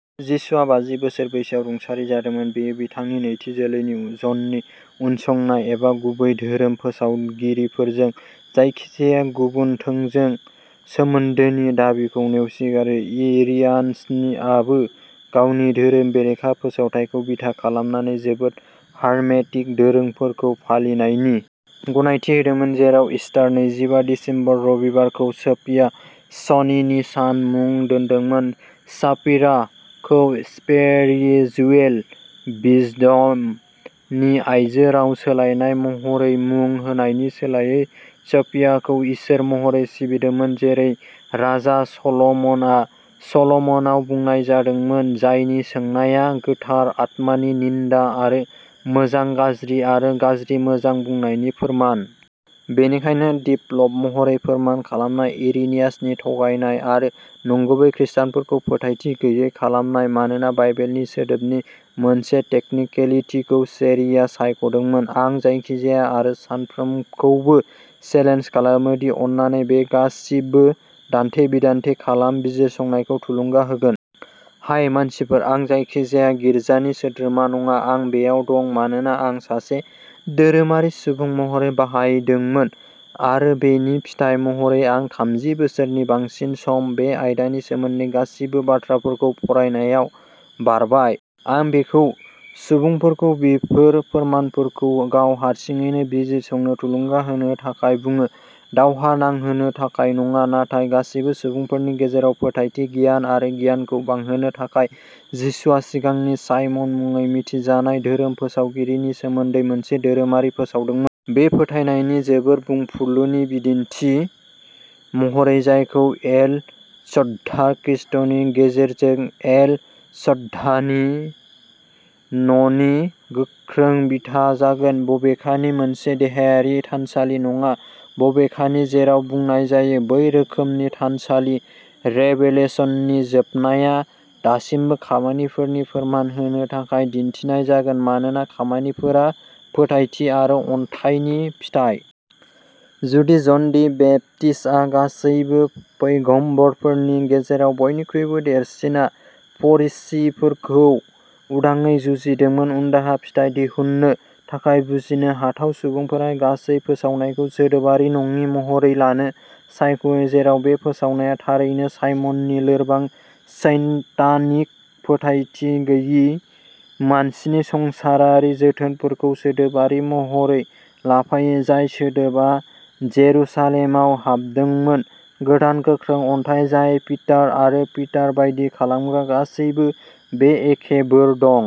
जिशुआ बाजि बोसोर बैसोआव रुंसारि जादोंमोन। बेबादिनो बिथांनि नैथि जोलैनि ज'ननि उनसंनाय एबा गुबै धोरोम फोसावगिरिफोरजों जायखिजाया गुबुन थोंजों सोमोन्दोनि दाबिखौ नेवसिगारो। इरिनियासआबो गावनि धोरोम बेरेखा फोसावथायखौ बिथा खालामनानै जोबोद हारमेटिक दोरोंफोरखौ फालिनायनि -- गनायथि होदोंमोन, जेराव इस्टार, नैजिबा दिसेम्बर, रबिबारखौ सोफिया शनिनि सान मुं दोन्दोंमोन, "साफिरा" खौ "स्पिरिचुएल विजडम" नि आइजो राव सोलायनाय महरै मुं होनायनि सोलायै सोफियाखौ इसोर महरै सिबिदोंमोन, जेरै राजा सल'मनआ सल'मनआव बुंनाय जादोंमोन जायनि सोंनाया गोथार आत्मानि निन्दा आरो मोजां गाज्रि आरो गाज्रि मोजां बुंनायनि फोरमान। बेनिखायनो, दिफल्ट महरै, फोरमान खालामनाय। इरेनियासनि थगायनाय आरो नंगुबै खृस्टानफोरखौ फोथायथि गैयै खालामनाय, मानोना बाइबेलनि सोदोबनि मोनसे टेकनिकेलितिखौ चेरीआ सायख'दोंमोन। आं जायखिजाया आरो साफ्रोमखौबो चेलेन्ज खालामो दि अन्नानै बे गासिबो दान्थे-बिदान्थे खालाम, बिजिरसंनायखौ थुलुंगा होगोन। हाय मानसिफोर, आं जायखिजाया गिर्जानि सोद्रोमा नङा। आं बेयाव दं मानोना आं सासे धोरोमारि सुबुं महरै बाहायदोंमोन आरो बेनि फिथाय महरै आं थामजि बोसोरनि बांसिन सम बे आयदानि सोमोन्दै गासिबो बाथ्राफोरखौ फरायनायाव बारबाय। आं बेखौ सुबुंफोरखौ बेफोर फोरमानफोरखौ गाव हारसिङैनो बिजिरसंनो थुलुंगा होनो थाखाय बुङो, दावहा नांहोनो थाखाय नङा नाथाय गासैबो सुबुंफोरनि गेजेराव फोथायथि गियान आरो गियानखौ बांहोनो थाखाय। जिसुआ सिगांनि साइमन मुङै मिथिजानाय धोरोम फोसावगिरिनि सोमोन्दै मोनसे धोरोमारि फोसावदोंमोन । बे फोथायनायनि जोबोर बुंफुरलुनि बिदिन्थि महरै जायखौ एल शड्डा, खृष्टनि गेजेरजों एल शड्डानि न'नि गोख्रों बिथा जागोन। बबेखानि, मोनसे देहायारि थानसालि नङा, बबेखानि जेराव बुंनाय जायो बै रोखोमनि थानसालि। रेभेलेशननि जोबनाया दासिमबो खामानिफोरनि फोरमान होनो थाखाय दिन्थिनाय जागोन, मानोना खामानिफोरा फोथायथि आरो अनथाइनि फिथाय। जुदि जन दि बेप्टिस्ट, गासैबो भैगम्बरफोरनि गेजेराव बयनिख्रुइबो देरसिनआ फरिसीफोरखौ उदाङै जुजिदोंमोन "उनदाहा फिथाइ" दिहुननो थाखाय बुजिनो हाथाव, सुबुंफोरा गासै फोसावनायखौ सोदोबारि नङि महरै लानो सायख'यो, जेराव बे फोसावनाया थारैनो साइमननि लोरबां, सैतानिक, फोथायथि गैयै, मानसिनि संसारारि जोथोनफोरखौ सोदोबारि महरै लाफायो, जाय सोदोबआ जेरुसालेमाव हाबदोंमोन गोदान, गोख्रों अन्थाइ जाय पिटार आरो पिटार बायदि खालामग्रा गासैबो, बे एखे बोर दं।